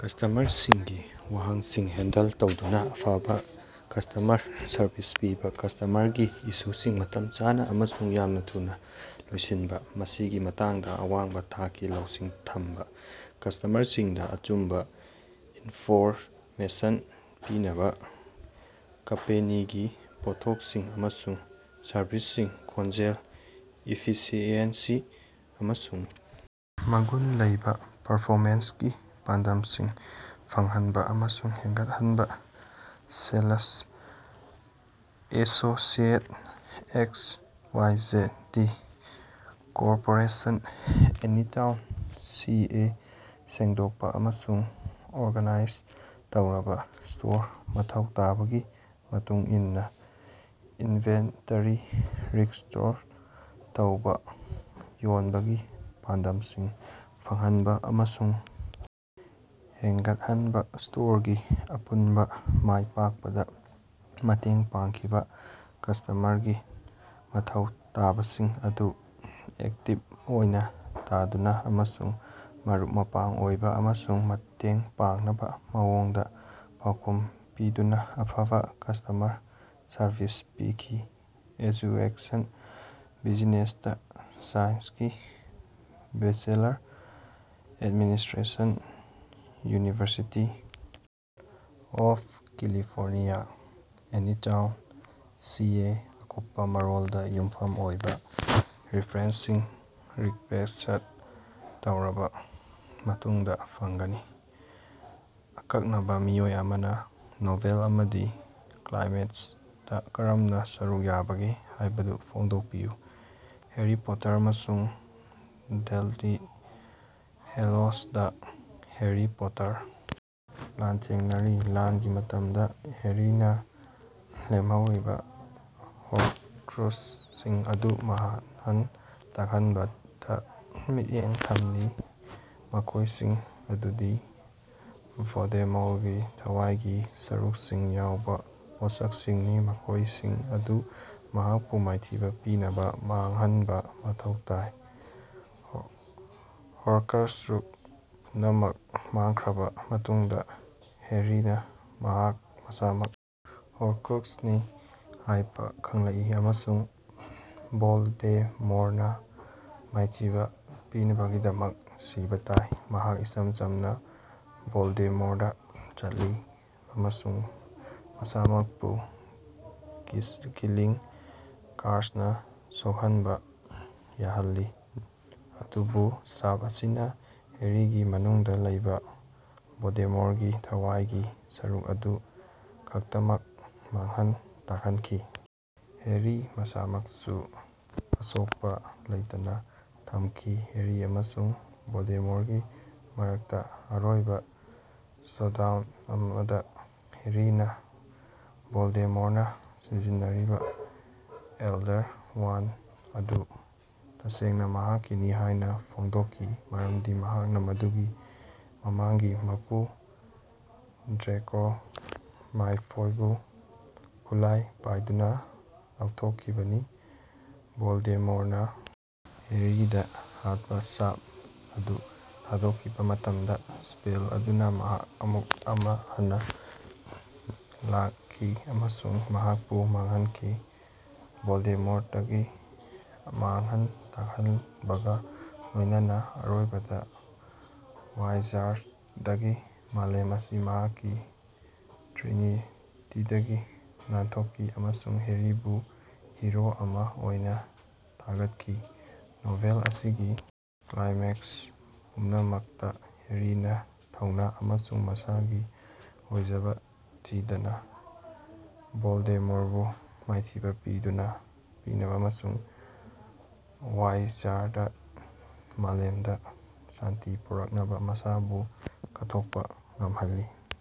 ꯀꯁ꯭ꯇꯃꯔꯁꯤꯡꯒꯤ ꯋꯥꯍꯪꯁꯤꯡ ꯍꯦꯟꯗꯜ ꯇꯧꯗꯨꯅ ꯑꯐꯕ ꯀꯁ꯭ꯇꯃꯔ ꯁꯔꯚꯤꯁ ꯄꯤꯕ ꯀꯁ꯭ꯇꯃꯔꯒꯤ ꯏꯁꯨꯁꯤꯡ ꯃꯇꯝ ꯆꯥꯅ ꯑꯃꯁꯨꯡ ꯌꯥꯝꯅ ꯊꯨꯅ ꯂꯣꯏꯁꯤꯟꯕ ꯃꯁꯤꯒꯤ ꯃꯇꯥꯡꯗ ꯑꯋꯥꯡꯕ ꯊꯥꯛꯀꯤ ꯂꯧꯁꯤꯡ ꯊꯝꯕ꯫ ꯀꯁ꯭ꯇꯃꯔꯁꯤꯡꯗ ꯑꯆꯨꯝꯕ ꯏꯟꯐꯣꯔꯃꯦꯁꯟ ꯄꯤꯅꯕ ꯀꯝꯄꯦꯅꯤꯒꯤ ꯄꯣꯠꯊꯣꯛꯁꯤꯡ ꯑꯃꯁꯨꯡ ꯁꯔꯕꯤꯁꯁꯤꯡ ꯈꯣꯡꯖꯦꯜ, ꯏꯐꯤꯁꯤꯑꯦꯟꯁꯤ, ꯑꯃꯁꯨꯡ ꯃꯒꯨꯟ ꯂꯩꯕ ꯄꯔꯐꯣꯃꯦꯟꯁꯀꯤ ꯄꯥꯟꯗꯝꯁꯤꯡ ꯐꯪꯍꯟꯕ ꯑꯃꯁꯨꯡ ꯍꯦꯟꯒꯠꯍꯟꯕ sales associate X Y J D corporation, Anytown, C A ꯁꯦꯡꯗꯣꯛꯄ ꯑꯃꯁꯨꯡ ꯑꯣꯔꯒꯅꯥꯏꯖ ꯇꯧꯔꯕ ꯁ꯭ꯇꯣꯔ, ꯃꯊꯧ ꯇꯥꯕꯒꯤ ꯃꯇꯨꯡ ꯏꯟꯅ ꯏꯟꯚꯦꯟꯇꯔꯤ ꯔꯤꯁ꯭ꯇꯣꯛ ꯇꯧꯕ ꯌꯣꯟꯕꯒꯤ ꯄꯥꯟꯗꯝꯁꯤꯡ ꯐꯪꯍꯟꯕ ꯑꯃꯁꯨꯡ ꯍꯦꯟꯒꯠꯍꯟꯕ, ꯁ꯭ꯇꯣꯔꯒꯤ ꯑꯄꯨꯟꯕ ꯃꯥꯏꯄꯥꯛꯄꯗ ꯃꯇꯦꯡ ꯄꯥꯡꯈꯤꯕ ꯀꯁ꯭ꯇꯃꯔꯒꯤ ꯃꯊꯧ ꯇꯥꯕꯁꯤꯡ ꯑꯗꯨ ꯑꯦꯛꯇꯤꯕ ꯑꯣꯏꯅ‌ ꯇꯥꯗꯨꯅ ꯑꯃꯁꯨꯡ ꯃꯔꯨꯞ-ꯃꯄꯥꯡ ꯑꯣꯏꯕ ꯑꯃꯁꯨꯡ ꯃꯇꯦꯡ ꯄꯥꯡꯅꯕ ꯃꯑꯣꯡꯗ ꯄꯥꯎꯈꯨꯝ ꯄꯤꯗꯨꯅ ꯑꯐꯕ ꯀꯁ꯭ꯇꯃꯔ ꯁꯔꯕꯤꯁ ꯄꯤꯈꯤ ꯑꯦꯖꯨꯀꯦꯁꯟ - ꯕꯤꯖꯤꯅꯦꯁꯇꯥ ꯁꯥꯏꯟꯁꯀꯤ bachelor. Administration university of California, Anytown, C A ꯑꯀꯨꯞꯄ ꯃꯔꯣꯜꯗ ꯌꯨꯝꯐꯝ ꯑꯣꯏꯕ ꯔꯤꯐ꯭ꯔꯦꯟꯁꯁꯤꯡ ꯔꯤꯛꯕꯦꯁ꯭ꯠ ꯇꯧꯔꯕ ꯃꯇꯨꯡꯗ ꯐꯪꯒꯅꯤ꯫ ꯑꯀꯛꯅꯕ ꯃꯤꯑꯣꯏ ꯑꯃꯅ ꯅꯣꯚꯦꯜ ꯑꯃꯒꯤ ꯀ꯭ꯂꯥꯏꯃꯦꯛꯁꯇ ꯀꯔꯝꯅ ꯁꯔꯨꯛ ꯌꯥꯕꯒꯦ ꯍꯥꯏꯕꯗꯨ ꯐꯣꯡꯗꯣꯛꯄꯤꯌꯨ꯫ ꯍꯦꯔꯤ ꯄꯣꯇꯔ ꯑꯃꯁꯨꯡ ꯗꯦꯊꯂꯤ ꯍꯦꯂꯣꯁ ꯗꯥ ꯍꯦꯔꯤ ꯄꯣꯇꯔ꯫ ꯂꯥꯟꯊꯦꯡꯅꯔꯤ꯫ ꯂꯥꯟꯒꯤ ꯃꯇꯝꯗ ꯍꯦꯔꯤꯅ ꯂꯦꯝꯍꯧꯔꯤꯕ ꯍꯣꯔꯀ꯭ꯔꯨꯛꯁꯁꯤꯡ ꯑꯗꯨ ꯃꯥꯡꯍꯟ ꯇꯥꯛꯍꯟꯕꯗ ꯃꯤꯠꯌꯦꯡ ꯊꯝꯂꯤ, ꯃꯈꯣꯏꯁꯤꯡ ꯑꯗꯨꯗꯤ ꯚꯣꯜꯗꯦꯃꯣꯔꯒꯤ ꯊꯋꯥꯏꯒꯤ ꯁꯔꯨꯛꯁꯤꯡ ꯌꯥꯎꯕ ꯄꯣꯠꯁꯛꯁꯤꯡꯅꯤ, ꯃꯈꯣꯏꯁꯤꯡ ꯑꯗꯨ ꯃꯍꯥꯛꯄꯨ ꯃꯥꯏꯊꯤꯕ ꯄꯤꯅꯕ ꯃꯥꯡꯍꯟꯕ ꯃꯊꯧ ꯇꯥꯏ꯫ ꯍꯣꯔꯀ꯭ꯔꯨꯛꯁ ꯄꯨꯝꯅꯃꯛ ꯃꯥꯡꯈ꯭ꯔꯕ ꯃꯇꯨꯡꯗ, ꯍꯦꯔꯤꯅ ꯃꯍꯥꯛ ꯃꯁꯥꯃꯛ ꯍꯣꯔꯀ꯭ꯔꯨꯛꯁꯅꯤ ꯍꯥꯏꯕ ꯈꯪꯂꯛꯏ, ꯑꯃꯁꯨꯡ ꯚꯣꯜꯗꯦꯃꯣꯔꯅ ꯃꯥꯏꯊꯤꯕ ꯄꯤꯅꯕꯒꯤꯗꯃꯛ ꯁꯤꯕ ꯇꯥꯏ꯫ ꯃꯍꯥꯛ ꯏꯆꯝ ꯆꯝꯅ ꯚꯣꯜꯗꯦꯃꯣꯔꯗ ꯆꯠꯂꯤ ꯑꯃꯁꯨꯡ ꯃꯁꯥꯃꯛꯄꯨ ꯀꯤꯂꯤꯡ ꯀꯔꯁꯅꯥ ꯁꯣꯛꯍꯟꯕ ꯌꯥꯍꯜꯂꯤ꯫ ꯑꯗꯨꯕꯨ ꯁꯥꯞ ꯑꯁꯤꯅ ꯍꯦꯔꯤꯒꯤ ꯃꯅꯨꯡꯗ ꯂꯩꯕ ꯚꯣꯜꯗꯦꯃꯣꯔꯒꯤ ꯊꯋꯥꯏꯒꯤ ꯁꯔꯨꯛ ꯑꯗꯨ ꯈꯛꯇꯃꯛ ꯃꯥꯡꯍꯟ ꯇꯥꯛꯍꯟꯈꯤ, ꯍꯦꯔꯤ ꯃꯁꯥꯃꯛꯁꯨ ꯑꯁꯣꯛꯄ ꯂꯩꯇꯅ ꯊꯝꯈꯤ꯫ ꯍꯦꯔꯤ ꯑꯃꯁꯨꯡ ꯚꯣꯜꯗꯦꯃꯣꯔꯒꯤ ꯃꯔꯛꯇ ꯑꯔꯣꯏꯕ ꯁꯣꯗꯥꯎꯟ ꯑꯃꯗ ꯍꯦꯔꯤꯅ ꯚꯣꯜꯗꯦꯃꯣꯔꯅ ꯁꯤꯖꯤꯟꯅꯔꯤꯕ ꯑꯦꯜꯗꯔ ꯋꯥꯟꯗ ꯑꯗꯨ ꯇꯁꯦꯡꯅ ꯃꯍꯥꯛꯀꯤꯅꯤ ꯍꯥꯏꯅ ꯐꯣꯡꯗꯣꯠꯈꯤ ꯃꯔꯝꯗꯤ ꯃꯍꯥꯛꯅ ꯃꯗꯨꯒꯤ ꯃꯃꯥꯡꯒꯤ ꯃꯄꯨ ꯗ꯭ꯔꯦꯀꯣ ꯃꯥꯜꯐꯣꯏꯕꯨ ꯈꯨꯠꯂꯥꯏ ꯄꯥꯏꯗꯨꯅ ꯂꯧꯊꯣꯛꯈꯤꯕꯅꯤ꯫ ꯚꯣꯜꯗꯦꯃꯣꯔꯅ ꯍꯦꯔꯤꯗ ꯍꯥꯠꯄ‌ ꯁꯥꯞ ꯑꯗꯨ ꯊꯥꯗꯣꯛꯈꯤꯕ ꯃꯇꯝꯗ, ꯁ꯭ꯄꯦꯜ ꯑꯗꯨꯅ ꯑꯃꯨꯛ ꯍꯟꯅ‌ ꯂꯥꯛꯈꯤ ꯑꯃꯁꯨꯡ ꯃꯍꯥꯛꯄꯨ ꯃꯥꯡꯍꯟꯈꯤ꯫ ꯚꯣꯜꯗꯦꯃꯣꯔꯇꯀꯤ ꯃꯥꯡꯍꯟ ꯇꯥꯛꯍꯟꯕꯒ ꯂꯣꯏꯅꯅ‌ ꯑꯔꯣꯏꯕꯗ ꯋꯥꯏꯖꯥꯔꯗꯀꯤ ꯃꯥꯂꯦꯝ ꯑꯁꯤ ꯃꯍꯥꯛꯀꯤ ꯇ꯭ꯔꯤꯅꯤꯇꯤꯗꯒꯤ ꯅꯥꯟꯊꯣꯛꯈꯤ, ꯑꯃꯁꯨꯡ ꯍꯦꯔꯤꯕꯨ ꯍꯤꯔꯣ ꯑꯃ ꯑꯣꯏꯅ ꯊꯥꯒꯠꯈꯤ꯫ ꯅꯣꯚꯦꯜ ꯑꯁꯤꯒꯤ ꯀ꯭ꯂꯥꯏꯃꯦꯛꯁ ꯄꯨꯝꯅꯃꯛꯇ ꯍꯦꯔꯤꯅ ꯊꯧꯅ‌ ꯑꯃꯁꯨꯡ ꯃꯁꯥꯒꯤ ꯑꯣꯏꯖꯕ ꯊꯤꯗꯅ ꯚꯣꯜꯗꯦꯃꯣꯔꯕꯨ ꯃꯥꯏꯊꯤꯕ ꯄꯤꯅꯕ ꯑꯃꯁꯨꯡ ꯋꯥꯏꯖꯥꯔꯗ ꯃꯥꯂꯦꯝꯗ ꯁꯥꯟꯇꯤ ꯄꯨꯔꯛꯅꯕ ꯃꯁꯥꯕꯨ ꯀꯠꯊꯣꯠꯄ ꯉꯝꯍꯜꯂꯤ꯫